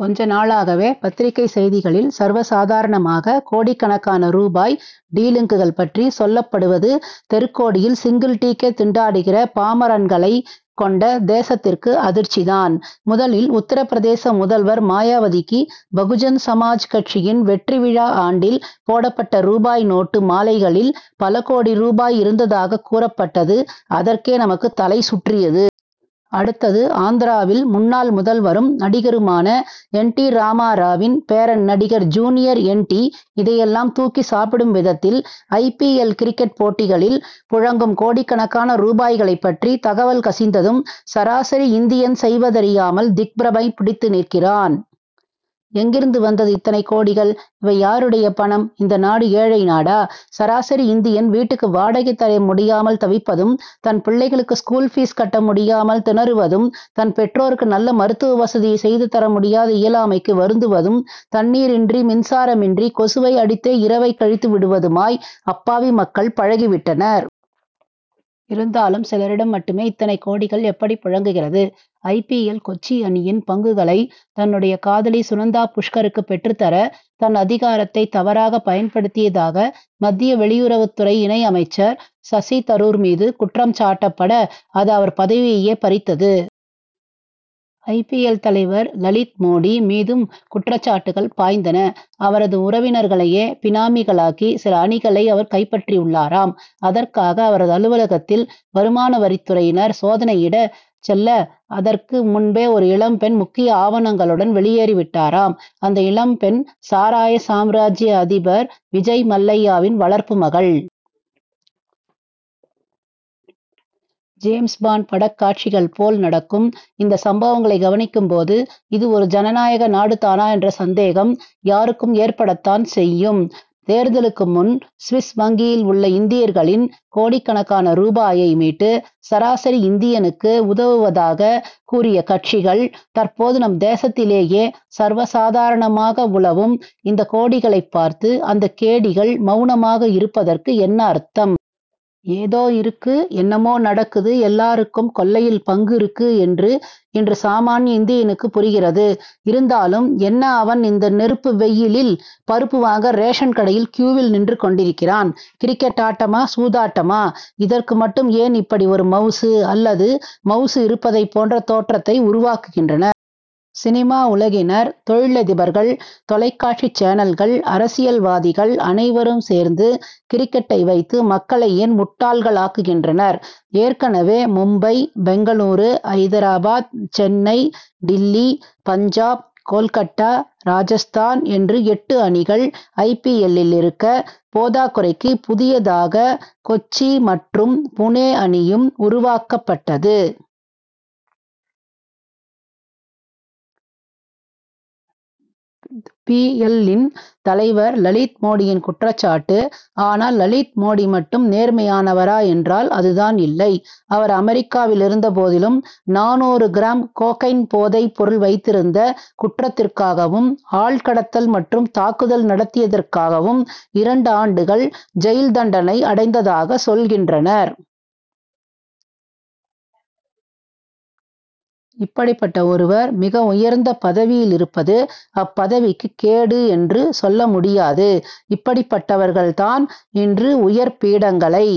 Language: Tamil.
கொஞ்ச நாளாகவே பத்திரிகை செய்திகளில் சர்வ சாதாரணமாக கோடிக்கணக்கான ரூபாய் டீலிங்குகள் பற்றி சொல்லப்படுவது தெருக்கோடியில் சிங்கிள் டீக்கே திண்டாடுகிற பாமரன்களை கொண்ட தேசத்திற்கு அதிர்ச்சி தான். முதலில் உத்தரபிரதேச முதல்வர் மாயாவதிக்கு பகுஜன் சமாஜ் கட்சியின் வெற்றி விழா ஆண்டில் போடப்பட்ட ரூபாய் நோட்டு மாலைகளில் பல கோடி ரூபாய் இருந்ததாகக் கூறப்பட்டது அதற்கே நமக்கு தலை சுற்றியது. அடுத்தது ஆந்திராவில் முன்னாள் முதல்வரும் நடிகருமான என். டி. ராமாராவின் பேரன் நடிகர் ஜூனியர் என். டி. இதையெல்லாம் தூக்கி சாப்பிடும் விதத்தில் ஐ. பி. எல். கிரிக்கெட் போட்டிகளில் புழங்கும் கோடிக்கணக்கான ரூபாய்களை பற்றி தகவல்கள் கசிந்ததும் சராசரி இந்தியன் செய்வதறியாமல் திக்பிரமை பிடித்து நிற்கிறான். எங்கிருந்து வந்தது இத்தனை கோடிகள்? இவை யாருடைய பணம்? இந்த நாடு ஏழை நாடா? சராசரி இந்தியன் வீட்டுக்கு வாடகை தர முடியாமல் தவிப்பதும் தன் பிள்ளைகளுக்கு ஸ்கூல் பீஸ் கட்ட முடியாமல் திணறுவதும் தன் பெற்றோருக்கு நல்ல மருத்துவ வசதியை செய்து தர முடியாத இயலாமைக்கு வருந்துவதும் தண்ணீரின்றி மின்சாரமின்றி கொசுவை அடித்தே இரவைக் கழித்து விடுவதுமாய் அப்பாவி மக்கள் பழகி விட்டனர். இருந்தாலும் சிலரிடம் மட்டுமே இத்தனை கோடிகள் எப்படி புழங்குகிறது? ஐ. பி. எல். கொச்சி அணியின் பங்குகளை தன்னுடைய காதலி சுனந்தா புஷ்கருக்கு பெற்றுத்தர தன் அதிகாரத்தை தவறாக பயன்படுத்தியதாக மத்திய வெளியுறவுத் துறை இணை அமைச்சர் சசி தரூர் மீது குற்றம் சாட்டப் பட அது அவர் பதவியையே பறித்தது. ஐ. பி. எல். தலைவர் லலித் மோடி மீதும் குற்றச்சாட்டுகள் பாய்ந்தன. அவரது உறவினர்களையே பினாமிகளாக்கி சில அணிகளை அவர் கைப்பற்றியுள்ளாராம். அதற்காக அவரது அலுவலகத்தில் வருமான வரித்துறையினர் சோதனையிட செல்ல அதற்கு முன்பே ஒரு இளம் பெண் முக்கிய ஆவணங்களுடன் வெளியேறிவிட்டாராம். அந்த இளம் பெண் சாராய சாம்ராஜ்ய அதிபர் விஜய் மல்லையாவின் வளர்ப்பு மகள். ஜேம்ஸ் பாண்ட் படக் காட்சிகள் போல் நடக்கும் இந்த சம்பவங்களை கவனிக்கும் போது இது ஒரு ஜனநாயக நாடுதானா என்ற சந்தேகம் யாருக்கும் ஏற்படத்தான் செய்யும். தேர்தலுக்கு முன் சுவிஸ் வங்கியில் உள்ள இந்தியர்களின் கோடிக்கணக்கான ரூபாயை மீட்டு சராசரி இந்தியனுக்கு உதவுவதாக கூறிய கட்சிகள் தற்போது நம் தேசத்திலேயே சர்வசாதாரணமாக உலவும் இந்த கோடிகளை பார்த்து அந்த கேடிகள் மவுனமாக இருப்பதற்கு என்ன அர்த்தம்? ஏதோ இருக்கு என்னமோ நடக்குது எல்லாருக்கும் கொள்ளையில் பங்கு இருக்கு என்று இன்று சாமான்ய இந்தியனுக்குப் புரிகிறது. இருந்தாலும் என்னஅவன் இந்த நெருப்பு வெயிலில் பருப்பு வாங்க ரேஷன் கடையில் க்யூவில் நின்று கொண்டிருக்கிறான். கிரிக்கெட் ஆட்டமா சூதாட்டமா? இதற்கு மட்டும் ஏன் இப்படி ஒரு மவுசு அல்லது மவுசு இருப்பதை போன்ற தோற்றத்தை உருவாக்குகின்றனர்? சினிமா உலகினர் தொழிலதிபர்கள் தொலைக்காட்சி சேனல்கள் அரசியல்வாதிகள் அனைவரும் சேர்ந்து கிரிக்கெட்டை வைத்து மக்களை ஏன் முட்டாள்களாக்குகின்றனர். ஏற்கனவே மும்பை பெங்களூரு ஐதராபாத் சென்னை டில்லி பஞ்சாப் கோல்கட்டா ராஜஸ்தான் என்று எட்டு அணிகள் ஐ. பி. எல்.லில் இருக்க போதாக்குறைக்கு புதியதாக கொச்சி மற்றும் புனே அணியும் உருவாக்கப்பட்டது. பி. எல்.லின் தலைவர் லலித் மோடியின் குற்றச் சாட்டு. ஆனால் லலித் மோடி மட்டும் நேர்மையானவரா என்றால் அதுதான் இல்லை. அவர் அமெரிக்காவில் இருந்தபோதிலும் நானூறு கிராம் கோகைன் போதை பொருள் வைத்திருந்த குற்றத்திற்காகவும் ஆள்கடத்தல் மற்றும் தாக்குதல் நடத்தியதற்காகவும் இரண்டு ஆண்டுகள் ஜெயில் தண்டனை அடைந்ததாக சொல்கின்றனர். இப்படிப்பட்ட ஒருவர் மிக உயர்ந்த பதவியில் இருப்பது அப்பதவிக்கு கேடு என்று சொல்ல முடியாது இப்படிப்பட்டவர்கள் தான் இன்று உயர் பீடங்களை